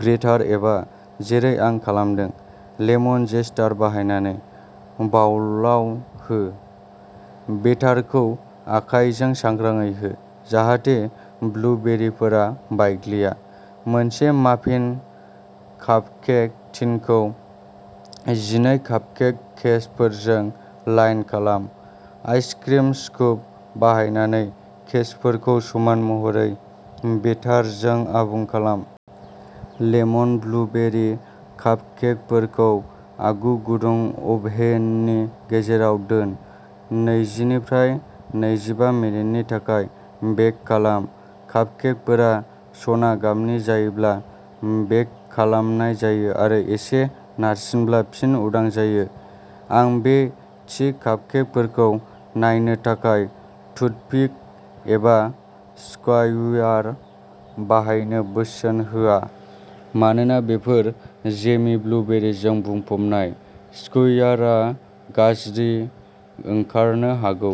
ग्रेटार एबा, जेरै आं खालामदों, लेमन जेस्टार बाहायनानै। बावलाव हो। बेटारखौ आखायजों सांग्राङै हो, जाहाथे ब्लुबेरिफोरा बायग्लिया। मोनसे माफिन कापकेक टिनखौ जिनै कापकेक केसफोरजों लाइन खालाम। आइसक्रिम स्कुप बाहायनानै केसफोरखौ समान महरै बेटारजों आबुं खालाम। लेमन ब्लुबेरि कापकेकफोरखौ आगु गुदुं अभेननि गेजेराव दोन। नैजिनिफ्राय नैजिबा मिनिटनि थाखाय बेक खालाम। कापकेकफोरा सना गाबनि जायोब्ला बेक खालामनाय जायो आरो एसे नारसिनब्ला फिन उदां जायो। आं बे थि कापकेकफोरखौ नायनो थाखाय टुथपिक एबा स्क्युयार बाहायनो बोसोन होआ, मानोना बेफोर जेमि ब्लुबेरिजों बुंफबनाय, स्क्युआरआ गाज्रि ओंखारनो हागौ।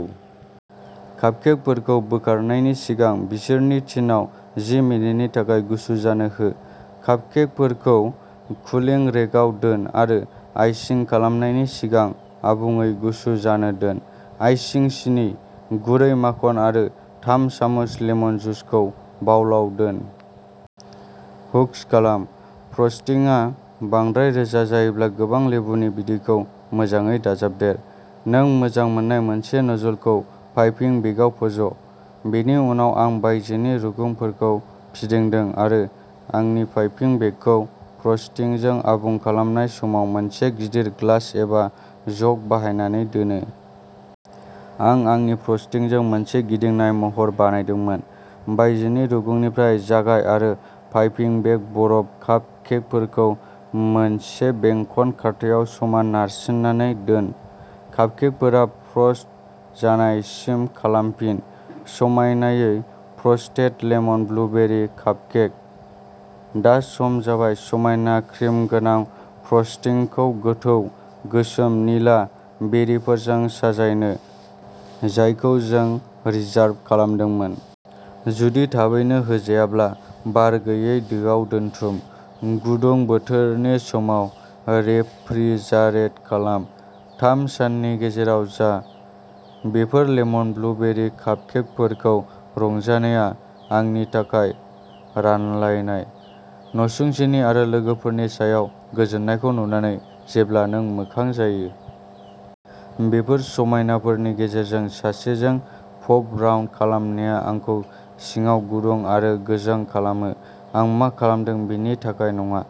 कापकेकफोरखौ बोखारनायनि सिगां बिसोरनि टिनआव जि मिनिटनि थाखाय गुसु जानो हो। कापकेकफोरखौ कुलिं रेकआव दोन आरो आइसिं खालामनायनि सिगां आबुङै गुसु जानो दोन। आइसिं सिनि, गुरै माखन आरो थाम सामुस लेमन जुसखौ बावलाव दोन। हुस्क खालाम। फ्रस्टिंआ बांद्राय रोजा जायोब्ला गोबां लेबुनि बिदैखौ मोजाङै दाजाबदेर। नों मोजां मोननाय मोनसे नोजलखौ पाइपिं बेगआव फज'। बेनि उनाव आं बायजोनि रुगुंफोरखौ फिदिंदों आरो आंनि पाइपिं बेगखौ फ्रस्टिंजों आबुं खालामनाय समाव मोनसे गिदिर ग्लास एबा जग बाहायनानै दोनो। आं आंनि फ्रस्टिंजों मोनसे गिदिंनाय महर बानायदोंमोन। बायजोनि रुगुंनिफ्राय जागाय आरो पाइपिं बेग बरफ कापकेकखौ मोनसे बेंखन खारथायाव समान नारसिननानै दोन। कापकेकफोरा फ्रस्ट जानायसिम खालामफिन। समायनायै फ्रस्टेड लेमन ब्लुबेरि कापकेक। दा सम जाबाय समायना, क्रिमगोनां, फ्रस्टिंखौ गोथौ, गोसोम, निला, बेरिफोरजों साजायनो, जायखौ नों रिजार्भ खालामदोंमोन। जुदि थाबैनो होजायाब्ला बार गैयै दोआव दोनथुम। गुदुं बोथोरनि समाव रेफ्रिजारेट खालाम। थाम साननि गेजेराव जा। बेफोर लेमन ब्लुबेरि कापकेकफोरखौ रंजानाया आंनि थाखाय, रानलायनाय। नसुंसेनि आरो लोगोफोरनि सायाव गोजोननायखौ नुनानै जेब्ला नों मोखां जायो। बेफोर समायनाफोरनि गेजेराव सासेजों पप राउन्ड खालामनाया आंखौ सिङाव गुदुं आरो गोजों खालामो। आं मा खालामदों बिनि थाखाय नङा,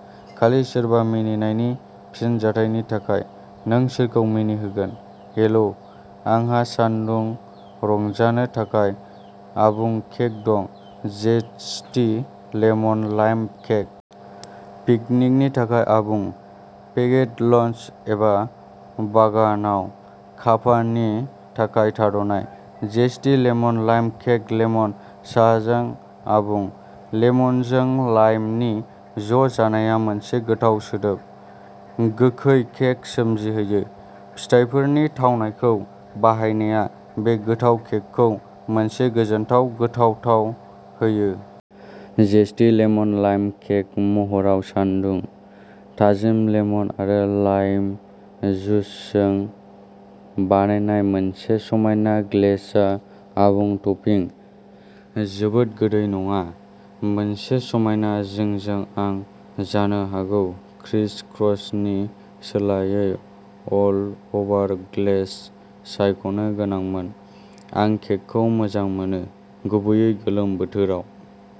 खालि सोरबा मिनिनायनि फिनजाथायनि थाखाय। नों सोरखौ मिनिहोगोन? हेलो, आंहा सानदुं रंजानो थाखाय आबुं केक दं, जेस्टी लेमन लाइम केक। पिकनिकनि थाखाय आबुं, पेक्ड लञ्च एबा बागानाव कापानि थाखाय थाद'नाय! Zesty lemon lime cake lemon साहाजों आबुं! लेमनजों लाइमनि ज' जानाया मोनसे गोथाव सिदोब, गोखै केक सोमजिहोयो। फिथाइफोरनि थावनायखौ बाहायनाया बे गोथाव केकखौ मोनसे गोजोनथाव गोथाव थाव होयो। जेस्टी लेमन लाइम केक महराव सानदुं! थाजिम लेमन आरो लाइम जुसजों बानायनाय मोनसे समायना ग्लेजआ आबुं टपिं। जोबोद गोदै नङा, मोनसे समायना जिंजों आं जानो हागौ क्रिस क्रसनि सोलायै अल अ'भार ग्लेज सायख'नो गोनांमोन! आं केकखौ मोजां मोनो, गुबैयै गोलोम बोथोराव।